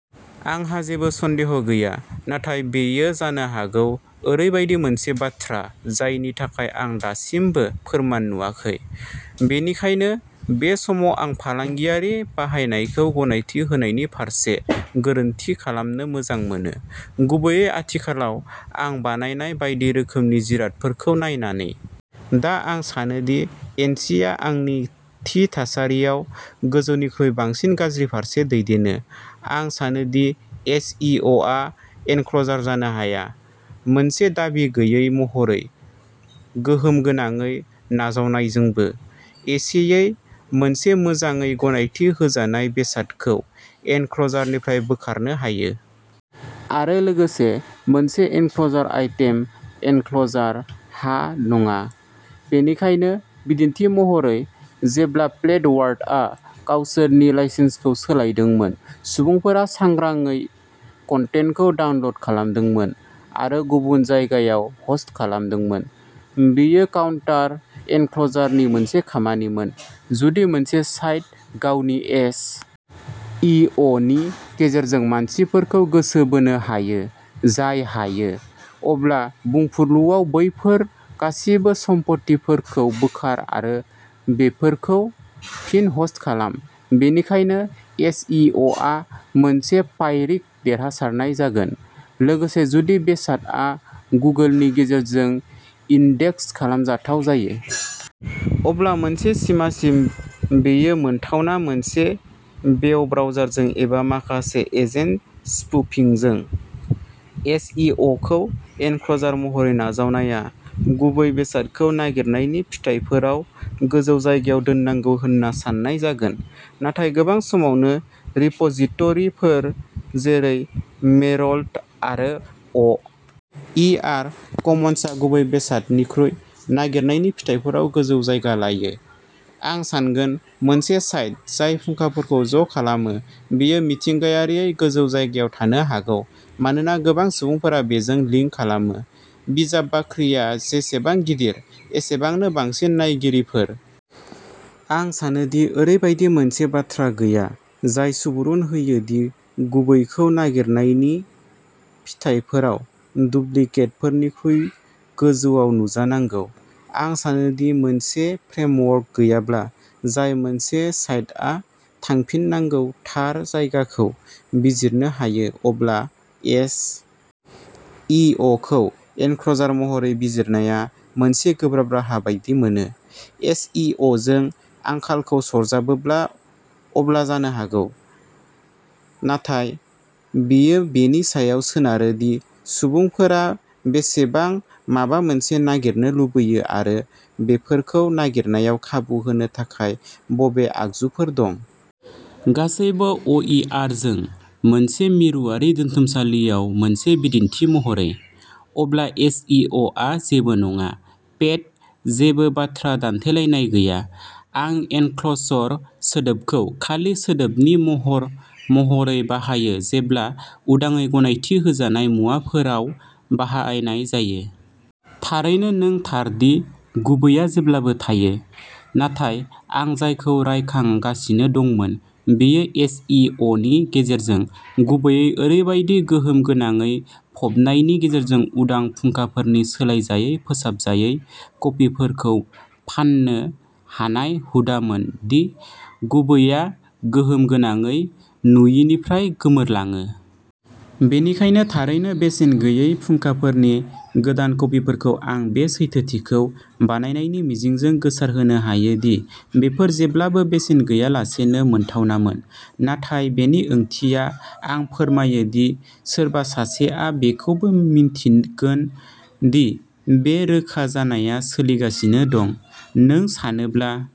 आंहा जेबो सन्देह गैया। नाथाय बेयो जानो हागौ ओरैबायदि मोनसे बाथ्रा जायनि थाखाय आं दासिमबो फोरमान नुवाखै। बेनिखायनो बे समाव आं फालांगियारि बाहायनायखौ गनायथि होनायनि फारसे गोरोन्थि खालामनो मोजां मोनो। गुबैयै आथिखालाव आं बानायनाय बायदि रोखोमनि जिरादफोरखौ नायनानै। दा आं सानो दि एनसिआ आंनि थि थासारियाव गोजौनिख्रुइ बांसिन गाज्रि फारसे दैदेनो। आं सानो दि एस. इ. अ. आ एनक्ल'जार जानो हाया। मोनसे दाबि गैयै महरै गोहोम गोनाङै नाजावनायजोंबो। एसेयै मोनसे मोजाङै गनायथि होजानाय बेसादखौ एनक्ल'जारनिफ्राय बोखारनो हायो। आरो लोगोसे मोनसे एनक्ल'जार आइटेम, एनक्ल'जार हा नङा। बेनिखायनो बिदिन्थि महरै। जेब्ला फ्लेट वर्ल्डआ गावसोरनि लाइसेन्सखौ सोलायदोंमोन सुबुंफोरा सांग्रांयै कन्टेन्टखौ डाउनल'ड खालामदोंमोन आरो गुबुन जायगायाव ह'स्ट खालामदोंमोन। बेयो काउन्टार एनक्ल'जारनि मोनसे खामानिमोन। जुदि मोनसे साइट गावनि एस. इ. अ. नि गेजेरजों मानसिफोरखौ गोसो बोनो हायो। जाय हायो। अब्ला बुंफुरलुआव बैफोर गासिबो सम्फथिफोरखौ बोखार आरो बेफोरखौ फिन ह'स्ट खालाम। बेनिखायनो एस. इ. अ. आ मोनसे पाइरिक देरहासारनाय जागोन। लोगोसे जुदि बेसादआ गुगोलनि गेजेरजों इन्डेक्स खालामजाथाव जायो। अब्ला मोनसे सिमासिम बेयो मोनथावना-मोनसे वेब ब्राउजारजों एबा माखासे एजेन्ट स्पुफिंजों। एस. इ. अ. खौ एनक्ल'जार महरै नाजावनाया गुबै बेसादखौ नागिरनायनि फिथायफोराव गोजौ जायगायाव दोननांगौ होन्ना सान्नाय जागोन। नाथाय गोबां समावनो रिप'जिट'रिफोर जेरै मेरलट आरो अ. इ. आर. कमन्सआ गुबै बेसादनिख्रुइ नागिरनायनि फिथायफोराव गोजौ जायगा लायो? आं सानगोन मोनसे साइट जाय फुंखाफोरखौ ज'खालामो बेयो मिथिंगायारियै गोजौ जायगायाव थानो हागौ मानोना गोबां सुबुंफोरा बेजों लिंक खालामो। बिजाब बाख्रिया जेसेबां गिदिर एसेबांनो बांसिन नायगिरिफोर। आं सानो दि ओरैबायदि मोनसे बाथ्रा गैया जाय सुबुरुन होयो दि गुबैखौ नागिरनायनि फिथायफोराव डुप्लिकेटफोरनिख्रुइ गोजौयाव नुजानांगौ। आं सानो दि मोनसे फ्रेमवर्क गैयाब्ला जाय मोनसे साइटआ थांफिननांगौ थार जायगाखौ बिजिरनो हायो अब्ला एस. इ. अ. खौ एनक्ल'जार महरै बिजिरनाया मोनसे गोब्राब राहा बायदि मोनो। एस. इ. अ. जों आंखालखौ सरजाबोब्ला अब्ला जानो हागौ। नाथाय बेयो बेनि सायाव सोनारो दि सुबुंफोरा बेसेबां माबा मोनसे नागिरनो लुबैयो आरो बेफोरखौ नागिरनायाव खाबु होनो थाखाय बबे आगजुफोर दं। गासैबो अ. इ. आर. जों मोनसे मिरुआरि दोनथुमसालियाव मोनसे बिदिन्थि महरै। अब्ला एस. इ. अ. आ जेबो नङा। पेट जेबो बाथ्रा दानथेलायनाय गैया। आं एनक्ल'सर् सोदोबखौ खालि सोदोबनि महर महरै बाहायो जेब्ला उदाङै गनायथि होजानाय मुवाफोराव बाहायनाय जायो। थारैनो नों थार दि गुबैआ जेब्लाबो थायो। नाथाय आं जायखौ रायखांगासिनो दंमोन बेयो एस. इ. अ. नि गेजेरजों गुबैखौ ओरैबायदि गोहोम गोनाङै फबनायनि गेजेरजों उदां फुंखाफोरनि सोलायजायै फोसाबजायै कपिफोरखौ फान्नो हानाय हुदामोन दि गुबैआ गोहोम गोनाङै नुयिनिफ्राय गोमोरलाङो। बेनिखायनो थारैनो बेसेन गैयै फुंखाफोरनि गोदान कपिफोरखौ आं बे सैथोथिखौ बानायनायनि मिजिंजों गोसारहोनो हायो दि बेफोर जेब्लाबो बेसेन गैयालासेनो मोनथावनामोन। नाथाय बेनि ओंथिया आं फोरमायो दि सोरबा सासेआ बेखौबो मिन्थिगोन दि बे रोखा जानाया सोलिगासिनो दं। नों सानोब्ला।